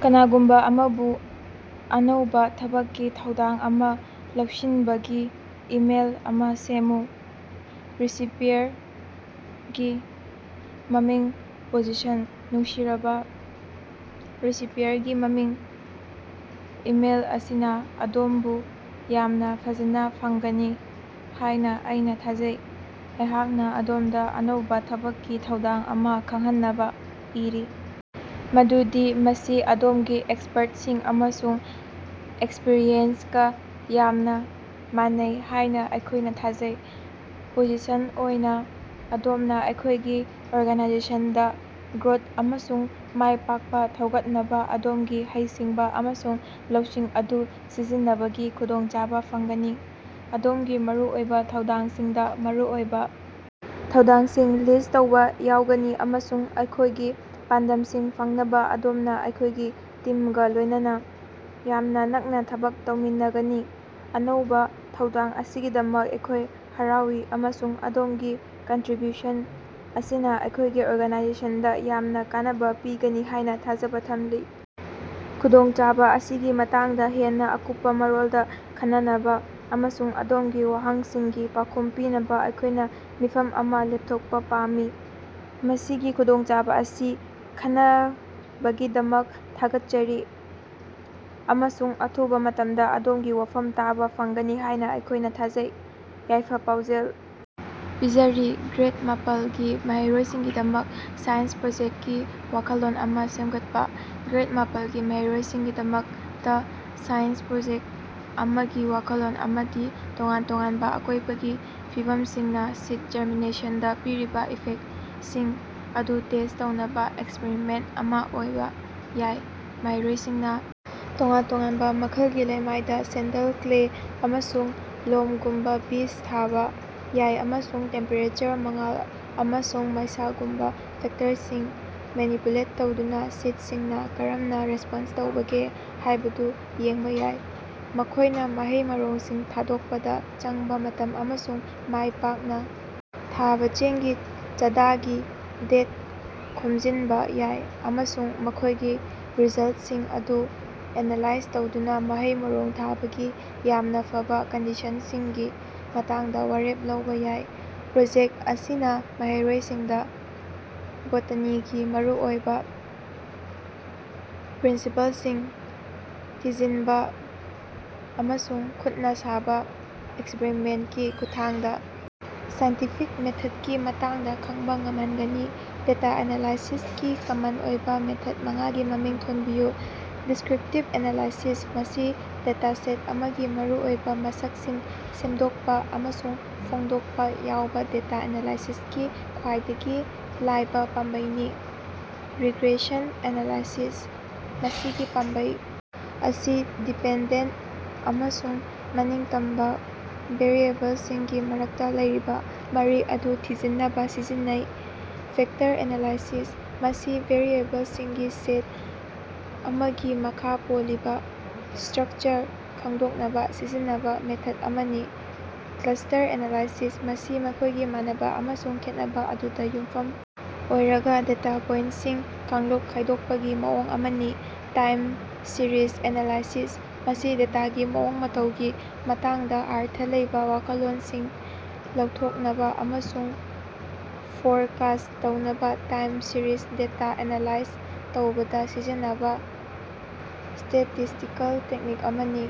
ꯀꯅꯥꯒꯨꯝꯕ ꯑꯃꯕꯨ ꯑꯅꯧꯕ ꯊꯕꯛꯀꯤ ꯊꯧꯗꯥꯡ ꯑꯃ ꯂꯧꯁꯤꯟꯕꯒꯤ ꯏꯃꯦꯜ ꯑꯃ ꯁꯦꯝꯃꯨ꯫ ꯔꯤꯁꯤꯄꯤꯌꯔꯒꯤ ꯃꯃꯤꯡ ꯄꯣꯖꯤꯁꯟ ꯅꯨꯡꯁꯤꯔꯕꯥ ꯔꯤꯁꯤꯄꯤꯌꯔꯒꯤ ꯃꯃꯤꯡ ꯏꯃꯦꯜ ꯑꯁꯤꯅ ꯑꯗꯣꯝꯕꯨ ꯌꯥꯝꯅ ꯐꯖꯅꯥ ꯐꯪꯒꯅꯤ ꯍꯥꯏꯅ ꯑꯩꯅ ꯊꯥꯖꯩ꯫ ꯑꯩꯍꯥꯛꯅ ꯑꯗꯣꯝꯗ ꯑꯅꯧꯕ ꯊꯕꯛꯀꯤ ꯊꯧꯗꯥꯡ ꯑꯃ ꯈꯪꯍꯟꯅꯕ ꯏꯔꯤ ꯃꯗꯨꯗꯤ ꯃꯁꯤ ꯑꯗꯣꯝꯒꯤ ꯑꯦꯛꯁꯄꯔꯠꯁꯤꯡ ꯑꯃꯁꯨꯡ ꯑꯦꯛꯁꯄꯔꯤꯌꯦꯟꯁꯀ ꯌꯥꯝꯅ ꯃꯥꯟꯅꯩ ꯍꯥꯏꯅ ꯑꯩꯈꯣꯏꯅ ꯊꯥꯖꯩ ꯫ ꯄꯣꯖꯤꯁꯟ ꯑꯣꯏꯅ ꯑꯗꯣꯝꯅ ꯑꯩꯈꯣꯏꯒꯤ ꯑꯣꯔꯒꯅꯥꯏꯖꯦꯁꯟꯗ ꯒ꯭ꯔꯣꯊ ꯑꯃꯁꯨꯡ ꯃꯥꯏꯄꯥꯛꯄ ꯊꯧꯒꯠꯅꯕ ꯑꯗꯣꯝꯒꯤ ꯍꯩꯁꯤꯡꯕ ꯑꯃꯁꯨꯡ ꯂꯧꯁꯤꯡ ꯑꯗꯨ ꯁꯤꯖꯤꯟꯅꯕꯒꯤ ꯈꯨꯗꯣꯡꯆꯥꯕ ꯐꯪꯒꯅꯤ꯫ ꯑꯗꯣꯝꯒꯤ ꯃꯔꯨꯑꯣꯏꯕ ꯊꯧꯗꯥꯡꯁꯤꯡꯗ ꯃꯔꯨꯑꯣꯏꯕ ꯊꯧꯗꯥꯡꯁꯤꯡ ꯂꯤꯁ꯭ꯠ ꯇꯧꯕꯥ ꯌꯥꯎꯒꯅꯤ ꯑꯃꯁꯨꯡ ꯑꯩꯈꯣꯒꯤ ꯄꯥꯟꯗꯝꯁꯤꯡ ꯐꯪꯅꯕ ꯑꯗꯣꯝꯅ ꯑꯩꯈꯣꯏꯒꯤ ꯇꯤꯝꯒ ꯂꯣꯏꯅꯅ ꯌꯥꯝꯅ ꯅꯛꯅ ꯊꯕꯛ ꯇꯧꯃꯤꯟꯅꯒꯅꯤ꯫ ꯑꯅꯧꯕ ꯊꯧꯗꯥꯡ ꯑꯁꯤꯒꯤꯗꯃꯛ ꯑꯩꯈꯣꯏ ꯍꯔꯥꯎꯏ ꯑꯃꯁꯨꯡ ꯑꯗꯣꯝꯒꯤ ꯀꯟꯇꯔꯤꯕ꯭ꯌꯨꯁꯟ ꯑꯁꯤꯅ ꯑꯩꯈꯣꯏꯒꯤ ꯑꯣꯔꯒꯅꯥꯏꯖꯦꯁꯟꯗ ꯌꯥꯝꯅ ꯀꯥꯟꯅꯕ ꯄꯤꯒꯅꯤ ꯍꯥꯏꯅ ꯊꯥꯖꯕ ꯊꯝꯂꯤ꯫ ꯈꯨꯗꯣꯡꯆꯥꯕ ꯑꯁꯤꯒꯤ ꯃꯇꯥꯡꯗ ꯍꯦꯟꯅ ꯑꯀꯨꯞꯄ ꯃꯔꯣꯜꯗ ꯈꯟꯅꯅꯕ ꯑꯃꯁꯨꯡ ꯑꯗꯣꯝꯒꯤ ꯋꯥꯍꯪꯁꯤꯡꯒꯤ ꯄꯥꯎꯈꯨꯝ ꯄꯤꯅꯕ ꯑꯩꯈꯣꯏꯅ ꯃꯤꯐꯝ ꯑꯃ ꯂꯦꯞꯊꯣꯛꯄ ꯄꯥꯝꯃꯤ꯫ ꯃꯁꯤꯒꯤ ꯈꯨꯗꯣꯡꯆꯥꯕ ꯑꯁꯤ ꯈꯟꯅꯕꯒꯤꯗꯃꯛ ꯊꯥꯒꯠꯆꯔꯤ, ꯑꯃꯁꯨꯡ ꯑꯊꯨꯕ ꯃꯇꯝꯗ ꯑꯗꯣꯝꯒꯤ ꯋꯥꯐꯝ ꯇꯥꯕ ꯐꯪꯒꯅꯤ ꯍꯥꯏꯅ ꯑꯩꯈꯣꯏꯅ ꯊꯥꯖꯩ꯫ ꯌꯥꯏꯐ-ꯄꯥꯎꯖꯦꯜ ꯄꯤꯖꯔꯤ, ꯒ꯭ꯔꯦꯗ ꯃꯥꯄꯜꯒꯤ ꯃꯍꯩꯔꯣꯏꯁꯤꯡꯒꯤꯗꯃꯛ ꯁꯥꯏꯟꯁ ꯄ꯭ꯔꯣꯖꯦꯛꯇꯀꯤ ꯋꯥꯈꯜꯂꯣꯟ ꯑꯃꯥ ꯁꯦꯝꯒꯠꯄꯥ꯫ ꯒ꯭ꯔꯦꯗ ꯃꯥꯄꯜꯒꯤ ꯃꯍꯩꯔꯣꯏꯁꯤꯡꯒꯤꯗꯃꯛꯇ ꯁꯥꯏꯟꯁ ꯄ꯭ꯔꯣꯖꯦꯛꯇ ꯑꯃꯒꯤ ꯋꯥꯈꯜꯂꯣꯟ ꯑꯃꯗꯤ ꯇꯣꯉꯥꯟ ꯇꯣꯉꯥꯟꯕ ꯑꯀꯣꯏꯕꯒꯤ ꯐꯤꯕꯝꯁꯤꯡꯅ ꯁꯤꯗ ꯖꯔꯃꯤꯅꯦꯁꯟꯗ ꯄꯤꯔꯤꯕ ꯏꯐꯦꯛꯇꯁꯤꯡ ꯑꯗꯨ ꯇꯦꯁ꯭ꯠ ꯇꯧꯅꯕ ꯑꯦꯛꯁꯄꯔꯤꯃꯦꯟꯇ ꯑꯃ ꯑꯣꯏꯕ ꯌꯥꯏ꯫ ꯃꯍꯩꯔꯣꯏꯁꯤꯡꯅ ꯇꯣꯉꯥꯟ-ꯇꯣꯉꯥꯟꯕ ꯃꯈꯜꯒꯤ ꯂꯩꯃꯥꯏꯗ ꯁꯦꯟꯗꯜ, ꯀ꯭ꯂꯦ, ꯑꯃꯁꯨꯡ ꯂꯣꯝꯒꯨꯝꯕꯥ ꯕꯤꯖ ꯊꯥꯕꯥ ꯌꯥꯏ ꯑꯃꯁꯨꯡ ꯇꯦꯝꯄꯦꯔꯦꯆꯔ, ꯃꯉꯥꯜ, ꯑꯃꯁꯨꯡ ꯃꯩꯁꯥꯒꯨꯝꯕ ꯐꯦꯛꯇꯔꯁꯤꯡ ꯃꯦꯅꯤꯄꯨꯂꯦꯠ ꯇꯧꯗꯨꯅ ꯁꯤꯗꯁꯤꯡꯅ ꯀꯔꯝꯅ ꯔꯦꯁ꯭ꯄꯣꯟꯁ ꯇꯧꯕꯒꯦ ꯍꯥꯏꯕꯗꯨ ꯌꯦꯡꯕ ꯌꯥꯏ꯫ ꯃꯈꯣꯏꯅ ꯃꯍꯩ-ꯃꯔꯣꯡꯁꯤꯡ ꯊꯥꯗꯣꯛꯄꯗ ꯆꯪꯕ ꯃꯇꯝ ꯑꯃꯁꯨꯡ ꯃꯥꯏ ꯄꯥꯛꯅ ꯊꯥꯕ ꯆꯦꯡꯒꯤ ꯆꯥꯗꯒꯤ ꯗꯦꯇ ꯈꯣꯝꯖꯤꯟꯕ ꯌꯥꯏ꯫ ꯑꯃꯁꯨꯡ ꯃꯈꯣꯏꯒꯤ ꯔꯤꯖꯜꯇꯁꯤꯡ ꯑꯗꯨ ꯑꯦꯅꯥꯂꯥꯏꯖ ꯇꯧꯗꯨꯅ ꯃꯍꯩ-ꯃꯔꯣꯡ ꯊꯥꯕꯒꯤ ꯌꯥꯝꯅ ꯐꯕ ꯀꯟꯗꯤꯁꯟꯁꯤꯡꯒꯤ ꯃꯇꯥꯡꯗ ꯋꯥꯔꯦꯞ ꯂꯧꯕ ꯌꯥꯏ꯫ ꯄ꯭ꯔꯣꯖꯦꯛꯇ ꯑꯁꯤꯅ ꯃꯍꯩꯔꯣꯏꯁꯤꯡꯗ ꯕꯣꯇꯥꯅꯤꯒꯤ ꯃꯔꯨꯑꯣꯏꯕ ꯄ꯭ꯔꯤꯟꯁꯤꯄꯜꯁꯤꯡ ꯊꯤꯖꯤꯟꯕ ꯑꯃꯁꯨꯡ ꯈꯨꯠꯅ ꯁꯥꯕ ꯑꯦꯛꯁꯄꯔꯤꯃꯦꯟꯇꯀꯤ ꯈꯨꯠꯊꯥꯡꯗ ꯁꯥꯏꯟꯇꯤꯐꯤꯛ ꯃꯦꯊꯗꯀꯤ ꯃꯇꯥꯡꯗ ꯈꯪꯕ ꯉꯝꯍꯟꯒꯅꯤ꯫ ꯗꯦꯇꯥ ꯑꯦꯅꯥꯂꯥꯏꯁꯤꯁꯀꯤ ꯀꯃꯟ ꯑꯣꯏꯕ ꯃꯦꯊꯗ ꯃꯉꯥꯒꯤ ꯃꯃꯤꯡ ꯊꯣꯟꯕꯤꯌꯨ꯫ ꯗꯤꯁ꯭ꯀꯔꯤꯄꯇꯤꯕ ꯑꯦꯅꯥꯂꯥꯏꯁꯤꯁ: ꯃꯁꯤ ꯗꯦꯇꯥꯁꯦꯠ ꯑꯃꯒꯤ ꯃꯔꯨꯑꯣꯏꯕ ꯃꯁꯛꯁꯤꯡ ꯁꯦꯝꯗꯣꯛꯄ ꯑꯃꯁꯨꯡ ꯐꯣꯡꯗꯣꯛꯄ ꯌꯥꯎꯕ ꯗꯦꯇꯥ ꯑꯦꯅꯥꯂꯥꯏꯁꯤꯁꯀꯤ ꯈ꯭ꯋꯥꯏꯗꯒꯤ ꯂꯥꯏꯕ ꯄꯥꯝꯕꯩꯅꯤ꯫ ꯔꯤꯒ꯭ꯔꯦꯁꯟ ꯑꯦꯅꯥꯂꯥꯏꯁꯤꯁ: ꯃꯁꯤꯒꯤ ꯄꯥꯝꯕꯩ ꯑꯁꯤ ꯗꯤꯄꯦꯟꯗꯦꯟꯇ ꯑꯃꯁꯨꯡ ꯃꯅꯤꯡꯇꯝꯕ ꯚꯦꯔꯤꯑꯦꯕꯜꯁꯤꯡꯒꯤ ꯃꯔꯛꯇ ꯂꯩꯔꯤꯕ ꯃꯔꯤ ꯑꯗꯨ ꯊꯤꯖꯤꯟꯅꯕ ꯁꯤꯖꯤꯟꯅꯩ꯫ ꯐꯦꯛꯇꯔ ꯑꯦꯅꯥꯂꯥꯏꯁꯤꯁ: ꯃꯁꯤ ꯚꯦꯔꯤꯑꯦꯕꯜꯁꯤꯡꯒꯤ ꯁꯦꯠ ꯑꯃꯒꯤ ꯃꯈꯥ ꯄꯣꯜꯂꯤꯕ ꯁ꯭ꯇꯔꯀꯆꯔ ꯈꯪꯗꯣꯛꯅꯕ ꯁꯤꯖꯤꯟꯅꯕ ꯃꯦꯊꯗ ꯑꯃꯅꯤ꯫ ꯀ꯭ꯂꯁ꯭ꯇꯔ ꯑꯦꯅꯥꯂꯥꯏꯁꯤꯁ: ꯃꯁꯤ ꯃꯈꯣꯏꯒꯤ ꯃꯥꯟꯅꯕ ꯑꯃꯁꯨꯡ ꯈꯦꯠꯅꯕ ꯑꯗꯨꯗ ꯌꯨꯝꯐꯝ ꯑꯣꯏꯔꯒ ꯗꯦꯇꯥ ꯄꯣꯏꯟꯇꯁꯤꯡ ꯀꯥꯡꯂꯨꯞ ꯈꯥꯏꯗꯣꯛꯄꯒꯤ ꯃꯑꯣꯡ ꯑꯃꯅꯤ꯫ ꯇꯥꯏꯝ ꯁꯤꯔꯤꯖ ꯑꯦꯅꯥꯂꯥꯏꯁꯤꯁ: ꯃꯁꯤ ꯗꯦꯇꯥꯒꯤ ꯃꯑꯣꯡ ꯃꯇꯧꯒꯤ ꯃꯇꯥꯡꯗ ꯑꯔꯊ ꯂꯩꯕ ꯋꯥꯈꯜꯂꯣꯟꯁꯤꯡ ꯂꯧꯊꯣꯛꯅꯕ ꯑꯃꯁꯨꯡ ꯐꯣꯔꯀꯥꯁ꯭ꯠ ꯇꯧꯅꯕ ꯇꯥꯏꯝ-ꯁꯤꯔꯤꯖ ꯗꯦꯇꯥ ꯑꯦꯅꯥꯂꯥꯏꯖ ꯇꯧꯕꯗ ꯁꯤꯖꯤꯟꯅꯕ ꯁ꯭ꯇꯦꯇꯤꯁ꯭ꯇꯤꯀꯦꯜ ꯇꯦꯛꯅꯤꯛ ꯑꯃꯅꯤ꯫